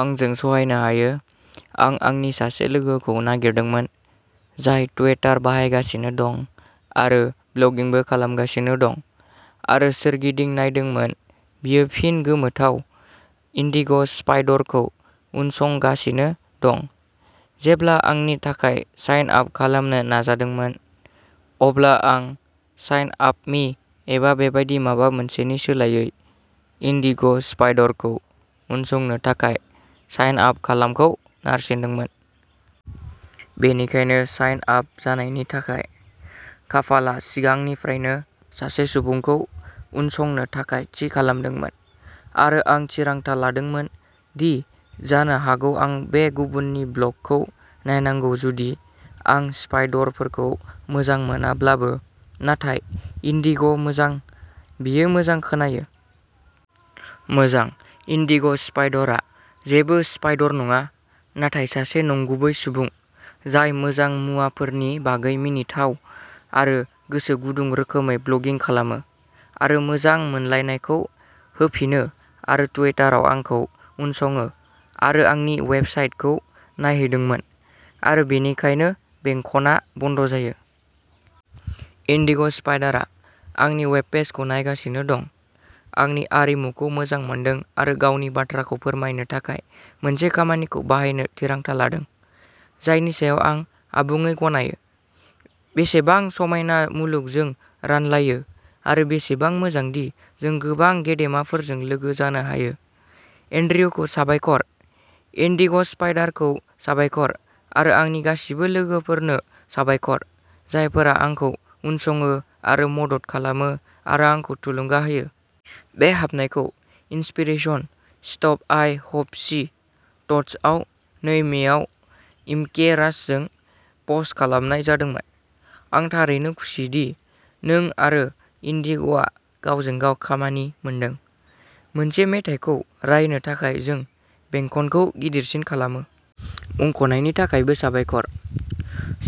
आंजों सहायनो हायो, आं आंनि सासे लोगोखौ नागिरदोंमोन, जाय टुइटार बाहायगासिनो दं आरो ब्लगिंबो खालामगासिनो दं आरो सोरगिदिं नायदोंमोन बियो फिन गोमोथाव इन्डिग' स्पाइडरखौ उनसंगासिनो दं। जेब्ला आंनि थाखाय साइन आप खालामनो नाजादोंमोन, अब्ला आं "साइन आप मि" एबा बेबादि माबा मोनसेनि सोलायै "इन्डिग'स्पाइडरखौ उनसंनो थाखाय साइन आप खालामखौ नारसिनदोंमोन। बेनिखायनो, साइन आप जानायनि थाखाय, खाफालआ सिगांनिफ्रायनो सासे सुबुंखौ उनसंनो थाखाय थि खालामदोंमोन आरो आं थिरांथा लादोंमोन दि जानो हागौ आं बे गुबुननि ब्लगखौ नायनांगौ जुदि आं स्पाइडरफोरखौ मोजां मोनाब्लाबो, नाथाय इन्डिग' मोजां, बेयो मोजां खोनायो। मोजां, इन्डिग'स्पाइडरआ जेबो स्पाइडर नङा, नाथाय सासे नंगुबै सुबुं जाय मोजां मुवाफोरनि बागै मिनिथाव आरो गोसो गुदुं रोखोमै ब्लगिं खालामो आरो मोजां मोनलायनायखौ होफिनो आरो टुइटाराव आंखौ उनसङो आरो आंनि वेबसाइटखौ नायहैदोंमोन आरो बेनिखायनो बेंखनआ बन्द जायो। इन्डिग'स्पाइडारआ आंनि वेबपेजखौ नायगासिनो दं, आंनि आरिमुखौ मोजां मोनदों आरो गावनि बाथ्राखौ फोरमायनो थाखाय मोनसे खामानिखौ बाहायनो थिरांथा लादों, जायनि सायाव आं आबुङै गनायो। बेसेबां समायना मुलुग जों रानलायो आरो बेसेबां मोजांदि जों गोबां गेदेमाफोरजों लोगो जानो हायो, एन्ड्र्युखौ साबायखर, इन्डिग'स्पाइडारखौ साबायखर आरो आंनि गासिबो लोगोफोरनो साबायखर, जायफोरा आंखौ उनसङो आरो मदद खालामो आरो आंखौ थुलुंगा होयो। बे हाबनायखौ inspiration, stuff I have see, थट्सआव नै मेआव इमके रास्टजों पस्ट खालामनाय जादोंमोन। आं थारैनो खुसिदि नों आरो इन्डिग'आ गावजों गाव खामानि मोनदों। मोनसे मेथाइखौ रायनो थाखाय जों बेंखनखौ गिदिरसिन खालामो। मुंख'नायनि थाखायबो साबायखर।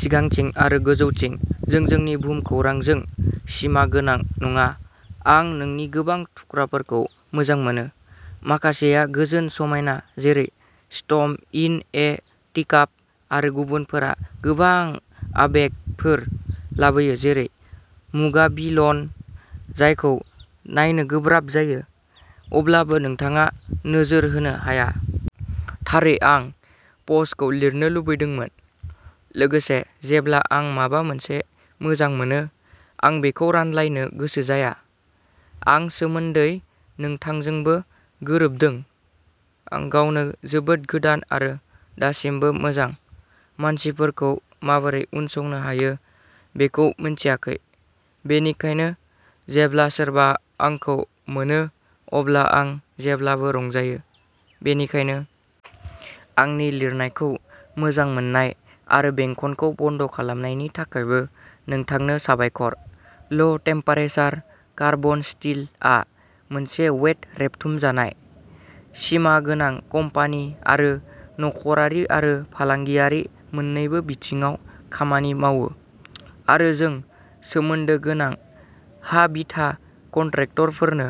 सिगांथिं आरो गोजौथिं जों जोंनि भुमखौरांजों सिमागोनां नङा आं नोंनि गोबां थुख्राफोरखौ मोजां मोनो। माखासेया गोजोन, समायना, जेरै "स्टर्म इन ए टिकाप" आरो गुबुनफोरा गोबां आबेगफोर लाबोयो जेरै "मुगाबिल'न" जायखौ नायनो गोब्राब जायो, अब्लाबो नोंथाङा नोजोर होनो हाया। थारै आं प'स्टखौ लिरनो लुबैदोंमोन। लोगोसे, जेब्ला आं माबा मोनसे मोजां मोनो, आं बेखौ रानलायनो गोसो जाया आं सोमोन्दै नोंथांजोंबो गोरोबदों। आं गावनो जोबोद गोदान आरो दासिमबो मोजां मानसिफोरखौ माबोरै उनसंनो हायो बेखौ मिन्थियाखै, बेनिखायनो जेब्ला सोरबा आंखौ मोनो अब्ला आं जेब्लाबो रंजायो। बेनिखायनो, आंनि लिरनायखौ मोजां मोन्नाय आरो बेंखनखौ बन्द खालामनायनि थाखायबो नोंथांनो साबायखर। ल ' टेमपेरासार कार्एबन स्टिलआ मोनसे वेट रेबथुमजानाय, सिमा गोनां कम्पानि आरो नखरारि आरो फालांगियारि मोन्नैबो बिथिङाव खामानि मावो आरो जों सोमोन्दो गोनां हा-बिथा कन्ट्रेक्टरफोरनो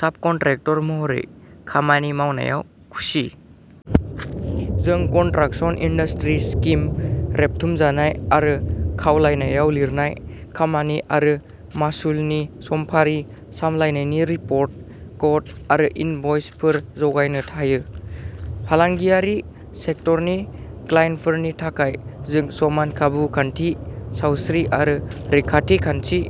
साबकन्ट्रेक्टर महरै खामानि मावनायाव खुसि। जों कन्ट्राकसन इन्डास्ट्रि स्किम रेबथुमजानाय आरो खावलायनायाव लिरनाय खामानि आरो मासुलनि समफारि, सामलायनायनि रिपर्ट, कोट आरो इनभ'इसफोर जगायनो हायो। फालांगियारि सेक्टरनि क्लाइन्टफोरनि थाखाय जों समान खाबु खान्थि, सावस्रि आरो रैखाथि खान्थि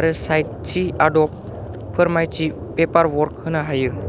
आरो साइट थि आदब फोरमायथि पेपारवर्क होनो हायो।